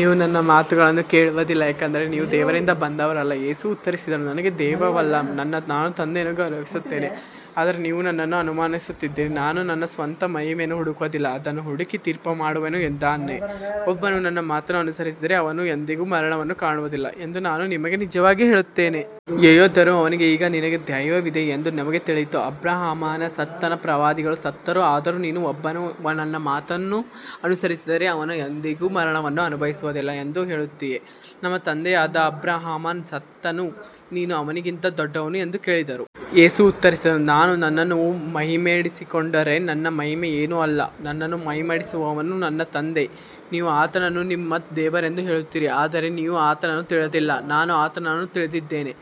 ನೀವು ನನ್ನ ಮಾತುಗಳನ್ನು ಕೇಳುವುದಿಲ್ಲ, ಏಕೆಂದರೆ ನೀವು ದೇವರಿಂದ ಬಂದವರಲ್ಲ. ಯೇಸು ಉತ್ತರಿಸಿದನು, ನನಗೆ ದೆವ್ವವಿಲ್ಲ, ನಾನು ನನ್ನ ತಂದೆಯನ್ನು ಗೌರವಿಸುತ್ತೇನೆ, ಆದರೆ ನೀವು ನನ್ನನ್ನು ಅವಮಾನಿಸುತ್ತೀರಿ. ನಾನು ನನ್ನ ಸ್ವಂತ ಮಹಿಮೆಯನ್ನು ಹುಡುಕುವುದಿಲ್ಲ, ಅದನ್ನು ಹುಡುಕಿ ತೀರ್ಪುಮಾಡುವವನು ಇದ್ದಾನೆ. ಒಬ್ಬನು ನನ್ನ ಮಾತನ್ನು ಅನುಸರಿಸಿದರೆ ಅವನು ಎಂದಿಗೂ ಮರಣವನ್ನು ಕಾಣುವುದಿಲ್ಲ ಎಂದು ನಾನು ನಿಮಗೆ ನಿಜವಾಗಿ ಹೇಳುತ್ತೇನೆ. ಯೆಹೂದ್ಯರು ಅವನಿಗೆ, ಈಗ ನಿನಗೆ ದೆವ್ವವಿದೆ ಎಂದು ನಮಗೆ ತಿಳಿಯಿತು. ಅಬ್ರಹಾಮನು ಸತ್ತನು, ಪ್ರವಾದಿಗಳೂ ಸತ್ತರು, ಆದರೂ ನೀನು, ಒಬ್ಬನು ನನ್ನ ಮಾತನ್ನು ಅನುಸರಿಸಿದರೆ ಅವನು ಎಂದಿಗೂ ಮರಣವನ್ನು ಅನುಭವಿಸುವುದಿಲ್ಲ ಎಂದು ಹೇಳುತ್ತೀಯೆ. ನಮ್ಮ ತಂದೆಯಾದ ಅಬ್ರಹಾಮನು ಸತ್ತನು, ನೀನು ಅವನಿಗಿಂತ ದೊಡ್ಡವನೋ ಎಂದು ಕೇಳಿದರು. ಯೇಸು ಉತ್ತರಿಸಿದನು, ನಾನು ನನ್ನನ್ನು ಮಹಿಮೆಪಡಿಸಿಕೊಂಡರೆ ನನ್ನ ಮಹಿಮೆ ಏನೂ ಅಲ್ಲ, ನನ್ನನ್ನು ಮಹಿಮೆಪಡಿಸುವವನು ನನ್ನ ತಂದೆ. ನೀವು ಆತನನ್ನು ನಿಮ್ಮ ದೇವರೆಂದು ಹೇಳುತ್ತೀರಿ, ಆದರೆ ನೀವು ಆತನನ್ನು ತಿಳಿದಿಲ್ಲ, ನಾನು ಆತನನ್ನು ತಿಳಿದಿದ್ದೇನೆ.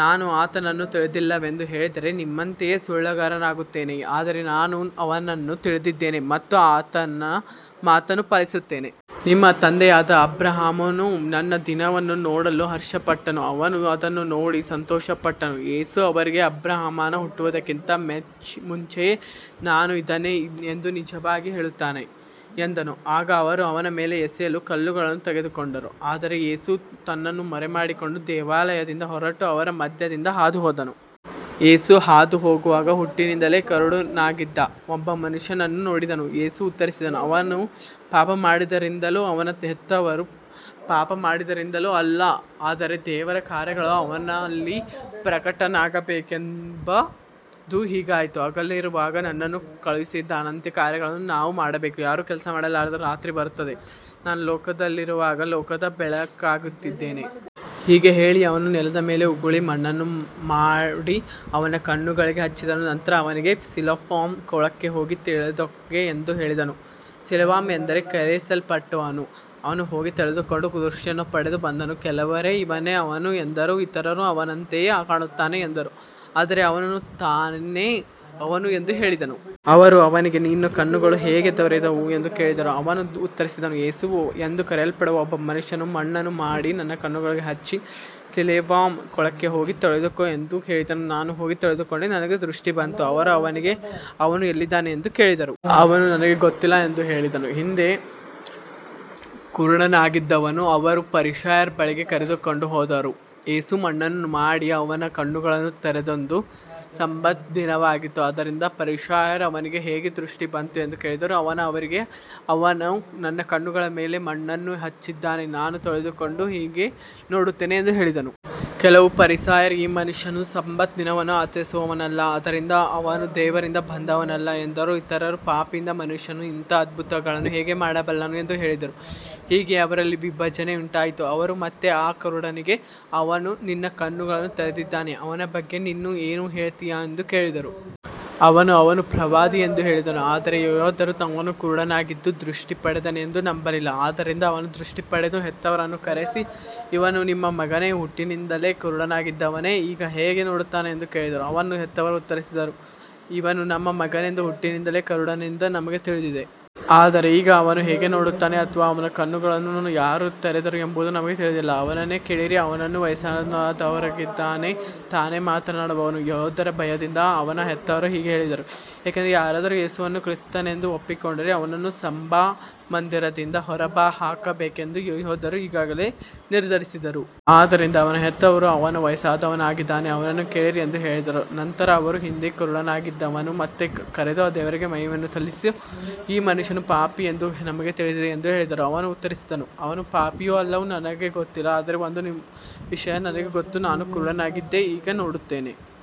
ನಾನು ಆತನನ್ನು ತಿಳಿದಿಲ್ಲವೆಂದು ಹೇಳಿದರೆ ನಿಮ್ಮಂತೆಯೇ ಸುಳ್ಳುಗಾರನಾಗುತ್ತೇನೆ, ಆದರೆ ನಾನು ಆತನನ್ನು ತಿಳಿದಿದ್ದೇನೆ ಮತ್ತು ಆತನ ಮಾತನ್ನು ಪಾಲಿಸುತ್ತೇನೆ. ನಿಮ್ಮ ತಂದೆಯಾದ ಅಬ್ರಹಾಮನು ನನ್ನ ದಿನವನ್ನು ನೋಡಲು ಹರ್ಷಪಟ್ಟನು, ಅವನು ಅದನ್ನು ನೋಡಿ ಸಂತೋಷಪಟ್ಟನು. ಯೇಸು ಅವರಿಗೆ, ಅಬ್ರಹಾಮನು ಹುಟ್ಟುವುದಕ್ಕಿಂತ ಮುಂಚೆಯೇ ನಾನು ಇದ್ದೇನೆ ಎಂದು ನಿಜವಾಗಿ ಹೇಳುತ್ತೇನೆ ಎಂದನು. ಆಗ ಅವರು ಅವನ ಮೇಲೆ ಎಸೆಯಲು ಕಲ್ಲುಗಳನ್ನು ತೆಗೆದುಕೊಂಡರು, ಆದರೆ ಯೇಸು ತನ್ನನ್ನು ಮರೆಮಾಡಿಕೊಂಡು ದೇವಾಲಯದಿಂದ ಹೊರಟು ಅವರ ಮಧ್ಯದಿಂದ ಹಾದುಹೋದನು. ಯೇಸು ಹಾದುಹೋಗುವಾಗ ಹುಟ್ಟಿನಿಂದಲೇ ಕುರುಡನಾಗಿದ್ದ ಒಬ್ಬ ಮನುಷ್ಯನನ್ನು ನೋಡಿದನು. ಯೇಸು ಉತ್ತರಿಸಿದನು, ಅವನು ಪಾಪಮಾಡಿದ್ದರಿಂದಲೂ ಅವನ ಹೆತ್ತವರು ಪಾಪಮಾಡಿದ್ದರಿಂದಲೂ ಅಲ್ಲ, ಆದರೆ ದೇವರ ಕಾರ್ಯಗಳು ಅವನಲ್ಲಿ ಪ್ರಕಟವಾಗಬೇಕೆಂದು ಹೀಗಾಯಿತು. ಹಗಲಿರುವಾಗ ನನ್ನನ್ನು ಕಳುಹಿಸಿದಾತನ ಕಾರ್ಯಗಳನ್ನು ನಾವು ಮಾಡಬೇಕು, ಯಾರೂ ಕೆಲಸಮಾಡಲಾರದ ರಾತ್ರಿ ಬರುತ್ತದೆ. ನಾನು ಲೋಕದಲ್ಲಿರುವಾಗ ಲೋಕದ ಬೆಳಕಾಗಿದ್ದೇನೆ. ಹೀಗೆ ಹೇಳಿ ಅವನು ನೆಲದ ಮೇಲೆ ಉಗುಳಿ, ಮಣ್ಣನ್ನು ಮಾಡಿ ಅವನ ಕಣ್ಣುಗಳಿಗೆ ಹಚ್ಚಿದನು. ನಂತರ ಅವನಿಗೆ, ಸಿಲೋವಾಮ್ ಕೊಳಕ್ಕೆ ಹೋಗಿ ತೊಳೆದುಕೋ ಎಂದು ಹೇಳಿದನು. ಸಿಲೋವಾಮ್ ಎಂದರೆ ಕಳುಹಿಸಲ್ಪಟ್ಟವನು. ಅವನು ಹೋಗಿ ತೊಳೆದುಕೊಂಡು ದೃಷ್ಟಿಯನ್ನು ಪಡೆದು ಬಂದನು. ಕೆಲವರು, ಇವನೇ ಅವನು ಎಂದರು, ಇತರರು, ಅವನಂತೆಯೇ ಕಾಣುತ್ತಾನೆ ಎಂದರು, ಆದರೆ ಅವನು, ನಾನೇ ಅವನು ಎಂದು ಹೇಳಿದನು. ಅವರು ಅವನಿಗೆ, ನಿನ್ನ ಕಣ್ಣುಗಳು ಹೇಗೆ ತೆರೆದವು ಎಂದು ಕೇಳಿದರು. ಅವನು ಉತ್ತರಿಸಿದನು, ಯೇಸು ಎಂದು ಕರೆಯಲ್ಪಡುವ ಒಬ್ಬ ಮನುಷ್ಯನು ಮಣ್ಣನ್ನು ಮಾಡಿ ನನ್ನ ಕಣ್ಣುಗಳಿಗೆ ಹಚ್ಚಿ, ಸಿಲೋವಾಮ್ ಕೊಳಕ್ಕೆ ಹೋಗಿ ತೊಳೆದುಕೋ ಎಂದು ಹೇಳಿದನು. ನಾನು ಹೋಗಿ ತೊಳೆದುಕೊಂಡೆ, ನನಗೆ ದೃಷ್ಟಿ ಬಂತು. ಅವರು ಅವನಿಗೆ, ಅವನು ಎಲ್ಲಿದ್ದಾನೆ ಎಂದು ಕೇಳಿದರು. ಅವನು, ನನಗೆ ಗೊತ್ತಿಲ್ಲ ಎಂದು ಹೇಳಿದನು. ಹಿಂದೆ ಕುರುಡನಾಗಿದ್ದವನನ್ನು ಅವರು ಫರಿಸಾಯರ ಬಳಿಗೆ ಕರೆದುಕೊಂಡು ಹೋದರು. ಯೇಸು ಮಣ್ಣನ್ನು ಮಾಡಿ ಅವನ ಕಣ್ಣುಗಳನ್ನು ತೆರೆದದ್ದು ಸಬ್ಬತ್ ದಿನವಾಗಿತ್ತು. ಆದ್ದರಿಂದ ಫರಿಸಾಯರೂ ಅವನಿಗೆ ಹೇಗೆ ದೃಷ್ಟಿ ಬಂತು ಎಂದು ಕೇಳಿದರು. ಅವನು ಅವರಿಗೆ, ಅವನು ನನ್ನ ಕಣ್ಣುಗಳ ಮೇಲೆ ಮಣ್ಣನ್ನು ಹಚ್ಚಿದನು, ನಾನು ತೊಳೆದುಕೊಂಡು ಈಗ ನೋಡುತ್ತೇನೆ ಎಂದು ಹೇಳಿದನು. ಕೆಲವು ಫರಿಸಾಯರು, ಈ ಮನುಷ್ಯನು ಸಬ್ಬತ್ ದಿನವನ್ನು ಆಚರಿಸುವವನಲ್ಲ, ಆದ್ದರಿಂದ ಅವನು ದೇವರಿಂದ ಬಂದವನಲ್ಲ ಎಂದರು. ಇತರರು, ಪಾಪಿಯಾದ ಮನುಷ್ಯನು ಇಂಥ ಅದ್ಭುತಗಳನ್ನು ಹೇಗೆ ಮಾಡಬಲ್ಲನು ಎಂದು ಹೇಳಿದರು. ಹೀಗೆ ಅವರಲ್ಲಿ ವಿಭಜನೆ ಉಂಟಾಯಿತು. ಅವರು ಮತ್ತೆ ಆ ಕುರುಡನಿಗೆ, ಅವನು ನಿನ್ನ ಕಣ್ಣುಗಳನ್ನು ತೆರೆದಿದ್ದಾನೆ, ಅವನ ಬಗ್ಗೆ ನೀನು ಏನು ಹೇಳುತ್ತೀ ಎಂದು ಕೇಳಿದರು. ಅವನು, ಅವನು ಪ್ರವಾದಿ ಎಂದು ಹೇಳಿದನು. ಆದರೆ ಯೆಹೂದ್ಯರು ಅವನು ಕುರುಡನಾಗಿದ್ದು ದೃಷ್ಟಿ ಪಡೆದನೆಂದು ನಂಬಲಿಲ್ಲ. ಆದ್ದರಿಂದ ಅವನ ದೃಷ್ಟಿ ಪಡೆದ ಹೆತ್ತವರನ್ನು ಕರೆಸಿ, ಇವನು ನಿಮ್ಮ ಮಗನೇ, ಹುಟ್ಟಿನಿಂದಲೇ ಕುರುಡನಾಗಿದ್ದವನೇ, ಈಗ ಹೇಗೆ ನೋಡುತ್ತಾನೆ ಎಂದು ಕೇಳಿದರು. ಅವನ ಹೆತ್ತವರು ಉತ್ತರಿಸಿದರು, ಇವನು ನಮ್ಮ ಮಗನೆಂದೂ ಹುಟ್ಟಿನಿಂದಲೇ ಕುರುಡನೆಂದೂ ನಮಗೆ ತಿಳಿದಿದೆ. ಆದರೆ ಈಗ ಅವನು ಹೇಗೆ ನೋಡುತ್ತಾನೆ ಅಥವಾ ಅವನ ಕಣ್ಣುಗಳನ್ನು ಯಾರು ತೆರೆದರು ಎಂಬುದು ನಮಗೆ ತಿಳಿದಿಲ್ಲ. ಅವನನ್ನೇ ಕೇಳಿರಿ, ಅವನು ವಯಸ್ಸಾದವನಾಗಿದ್ದಾನೆ, ತಾನೇ ಮಾತನಾಡುವನು. ಯೆಹೂದ್ಯರ ಭಯದಿಂದ ಅವನ ಹೆತ್ತವರು ಹೀಗೆ ಹೇಳಿದರು, ಏಕೆಂದರೆ ಯಾರಾದರೂ ಯೇಸುವನ್ನು ಕ್ರಿಸ್ತನೆಂದು ಒಪ್ಪಿಕೊಂಡರೆ ಅವನನ್ನು ಸಭಾಮಂದಿರದಿಂದ ಹೊರಹಾಕಬೇಕೆಂದು ಯೆಹೂದ್ಯರು ಈಗಾಗಲೇ ನಿರ್ಧರಿಸಿದ್ದರು. ಆದ್ದರಿಂದ ಅವನ ಹೆತ್ತವರು, ಅವನು ವಯಸ್ಸಾದವನಾಗಿದ್ದಾನೆ, ಅವನನ್ನೇ ಕೇಳಿರಿ ಎಂದು ಹೇಳಿದರು. ನಂತರ ಅವರು ಹಿಂದೆ ಕುರುಡನಾಗಿದ್ದವನನ್ನು ಮತ್ತೆ ಕರೆದು, ದೇವರಿಗೆ ಮಹಿಮೆಯನ್ನು ಸಲ್ಲಿಸು, ಈ ಮನುಷ್ಯನು ಪಾಪಿ ಎಂದು ನಮಗೆ ತಿಳಿದಿದೆ ಎಂದು ಹೇಳಿದರು. ಅವನು ಉತ್ತರಿಸಿದನು, ಅವನು ಪಾಪಿಯೋ ಅಲ್ಲವೋ ನನಗೆ ಗೊತ್ತಿಲ್ಲ, ಆದರೆ ಒಂದು ವಿಷಯ ನನಗೆ ಗೊತ್ತು, ನಾನು ಕುರುಡನಾಗಿದ್ದೆ, ಈಗ ನೋಡುತ್ತೇನೆ.